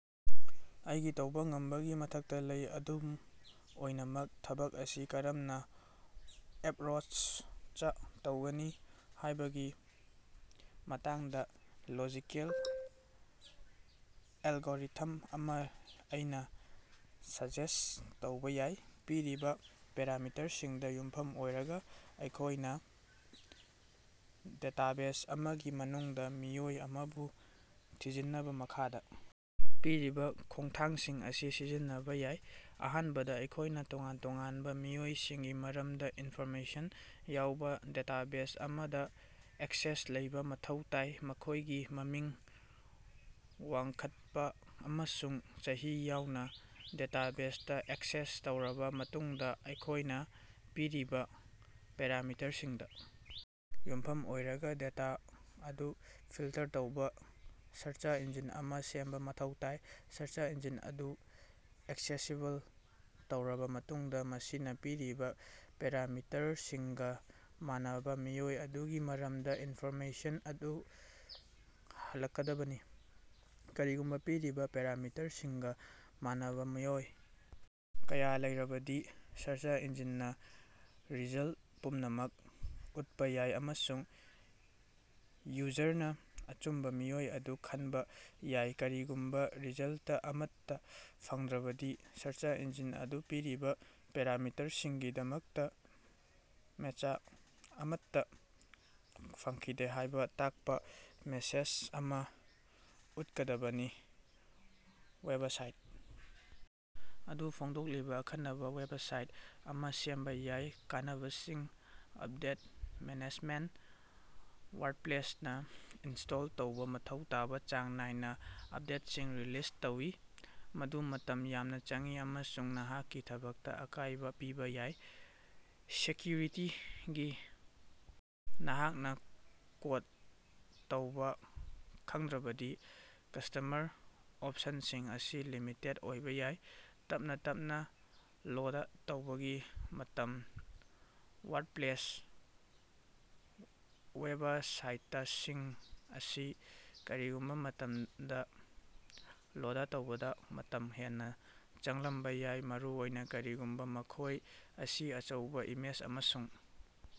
ꯑꯩꯒꯤ ꯇꯧꯕ ꯉꯝꯕꯒꯤ ꯃꯊꯛꯇ ꯂꯩ꯫ ꯑꯗꯨꯝ ꯑꯣꯏꯅꯃꯛ, ꯊꯕꯛ ꯑꯁꯤ ꯀꯔꯝꯅ ꯑꯦꯞꯔꯣꯆ ꯇꯧꯒꯅꯤ ꯍꯥꯏꯕꯒꯤ ꯃꯇꯥꯡꯗ ꯂꯣꯖꯤꯀꯦꯜ ꯑꯦꯜꯒꯣꯔꯤꯊꯝ ꯑꯃ ꯑꯩꯅ ꯁꯖꯦꯁ꯭ꯠ ꯇꯧꯕ ꯌꯥꯏ꯫ ꯄꯤꯔꯤꯕ ꯄꯦꯔꯥꯃꯤꯇꯔꯁꯤꯡꯗ ꯌꯨꯝꯐꯝ ꯑꯣꯏꯔꯒ, ꯑꯩꯈꯣꯏꯅ ꯗꯦꯇꯥꯕꯦꯖ ꯑꯃꯒꯤ ꯃꯅꯨꯡꯗ ꯃꯤꯑꯣꯏ ꯑꯃꯕꯨ ꯊꯤꯖꯤꯟꯅꯕ ꯃꯈꯥꯗ ꯄꯤꯔꯤꯕ ꯈꯣꯡꯊꯥꯡꯁꯤꯡ ꯑꯁꯤ ꯁꯤꯖꯤꯟꯅꯕ ꯌꯥꯏ꯫ ꯑꯍꯥꯟꯕꯗ, ꯑꯩꯈꯣꯏꯅ ꯇꯣꯉꯥꯟ ꯇꯣꯉꯥꯟꯕ ꯃꯤꯑꯣꯏꯁꯤꯡꯒꯤ ꯃꯔꯝꯗ ꯏꯟꯐꯣꯔꯃꯦꯁꯟ ꯌꯥꯎꯕ ꯗꯦꯇꯥꯕꯦꯖ ꯑꯃꯗ ꯑꯦꯛꯁꯦꯁ ꯂꯩꯕ ꯃꯊꯧ ꯇꯥꯏ, ꯃꯈꯣꯏꯒꯤ ꯃꯃꯤꯡ, ꯋꯥꯡꯈꯠꯄ ꯑꯃꯁꯨꯡ ꯆꯍꯤ ꯌꯥꯎꯅ꯫ ꯗꯦꯇꯥꯕꯦꯖ ꯇꯥ ꯑꯦꯛꯁꯦꯁ ꯇꯧꯔꯕꯥ ꯃꯇꯨꯡꯗ ꯑꯩꯈꯣꯏꯅ ꯄꯤꯔꯤꯕ ꯄꯦꯔꯥꯃꯤꯇꯔꯁꯤꯡꯗ ꯌꯨꯝꯐꯝ ꯑꯣꯏꯔꯒ ꯗꯦꯇꯥ ꯑꯗꯨ ꯐꯤꯜꯇꯔ ꯇꯧꯕ ꯁꯥꯔꯆ ꯏꯟꯖꯤꯟ ꯑꯃ ꯁꯦꯝꯕ ꯃꯊꯧ ꯇꯥꯏ꯫ ꯁꯥꯔꯆ ꯏꯟꯖꯤꯟ ꯑꯗꯨ ꯑꯦꯛꯁꯦꯁꯤꯕꯜ ꯇꯧꯔꯕ ꯃꯇꯨꯡꯗ, ꯃꯁꯤꯅ ꯄꯤꯔꯤꯕ ꯄꯦꯔꯥꯃꯤꯇꯔꯁꯤꯡꯒ ꯃꯥꯟꯅꯕꯥ ꯃꯤꯑꯣꯏ ꯑꯗꯨꯒꯤ ꯃꯔꯝꯗ ꯏꯟꯐꯣꯔꯃꯦꯁꯟ ꯑꯗꯨ ꯍꯜꯂꯛꯀꯗꯕꯅꯤ꯫ ꯀꯔꯤꯒꯨꯝꯕ ꯄꯤꯔꯤꯕ ꯄꯦꯔꯥꯃꯤꯇꯔꯁꯤꯡꯒ ꯃꯥꯟꯅꯕꯥ ꯃꯤꯑꯣꯏ ꯀꯌꯥ ꯂꯩꯔꯕꯗꯤ, ꯁꯔꯆ ꯏꯟꯖꯤꯟꯅ ꯔꯤꯖꯜꯇ ꯄꯨꯝꯅꯃꯛ ꯎꯠꯄ ꯌꯥꯏ ꯑꯃꯁꯨꯡ ꯌꯨꯖꯔꯅ ꯑꯆꯨꯝꯕ ꯃꯤꯑꯣꯏ ꯑꯗꯨ ꯈꯟꯕ ꯌꯥꯏ꯫ ꯀꯔꯤꯒꯨꯝꯕ ꯔꯤꯖꯜꯇ ꯑꯃꯠꯇ ꯐꯪꯗ꯭ꯔꯕꯗꯤ, ꯁꯔꯆ ꯏꯟꯖꯤꯟ ꯑꯗꯨꯅ ꯄꯤꯔꯤꯕ ꯄꯦꯔꯥꯃꯤꯇꯔꯁꯤꯡꯒꯤꯗꯃꯛꯇ ꯃꯦꯆ ꯑꯃꯠꯇ ꯐꯪꯈꯤꯗꯦ ꯍꯥꯏꯕ ꯇꯥꯛꯄ ꯃꯦꯁꯦꯖ ꯑꯃ ꯎꯠꯀꯗꯕꯅꯤ꯫ ꯋꯦꯕꯁꯥꯏꯠ ꯑꯗꯨ ꯐꯣꯡꯗꯣꯛꯂꯤꯕ ꯑꯈꯟꯅꯕꯥ ꯋꯦꯕꯁꯥꯏꯠ ꯑꯃ ꯁꯦꯝꯕ ꯌꯥꯏ꯫ ꯀꯥꯟꯅꯕꯁꯤꯡ - ꯑꯞꯗꯦꯠ ꯃꯦꯅꯦꯖꯃꯦꯟꯇ - ꯋꯥꯔꯗꯄ꯭ꯂꯦꯁꯅꯥ ꯏꯟꯁ꯭ꯇꯣꯜ ꯇꯧꯕ ꯃꯊꯧ ꯇꯥꯕ ꯆꯥꯡ ꯅꯥꯏꯅ ꯑꯞꯗꯦꯠꯁꯤꯡ ꯔꯤꯂꯤꯖ ꯇꯧꯏ, ꯃꯗꯨ ꯃꯇꯝ ꯌꯥꯝꯅ ꯆꯪꯏ ꯑꯃꯁꯨꯡ ꯅꯍꯥꯛꯀꯤ ꯊꯕꯛꯇ ꯑꯀꯥꯏꯕ ꯄꯤꯕ ꯌꯥꯏ꯫ ꯁꯦꯀ꯭ꯌꯨꯔꯤꯇꯤꯒꯤ ꯅꯍꯥꯛꯅ ꯀꯣꯗ ꯇꯧꯕ ꯈꯪꯗ꯭ꯔꯕꯗꯤ ꯀꯁ꯭ꯇꯃꯔ ꯑꯣꯞꯁꯟꯁꯤꯡ ꯑꯁꯤ ꯂꯤꯃꯤꯇꯦꯗ ꯑꯣꯏꯕ ꯌꯥꯏ꯫ ꯇꯞꯅꯥ ꯇꯞꯅꯥ ꯂꯣꯗ ꯇꯧꯕꯒꯤ ꯃꯇꯝ -ꯋꯥꯔꯗꯄ꯭ꯂꯦꯁ ꯋꯦꯕꯁꯥꯏꯇꯁꯤꯡ ꯑꯁꯤ ꯀꯔꯤꯒꯨꯝꯕ ꯃꯇꯝꯗ ꯂꯣꯗ ꯇꯧꯕꯗꯥ ꯃꯇꯝ ꯍꯦꯟꯅ ꯆꯪꯂꯝꯕ ꯌꯥꯏ, ꯃꯔꯨꯑꯣꯏꯅ ꯀꯔꯤꯒꯨꯝꯕ ꯃꯈꯣꯏ ꯑꯁꯤ ꯑꯆꯧꯕ ꯏꯃꯦꯖ ꯑꯃꯁꯨꯡ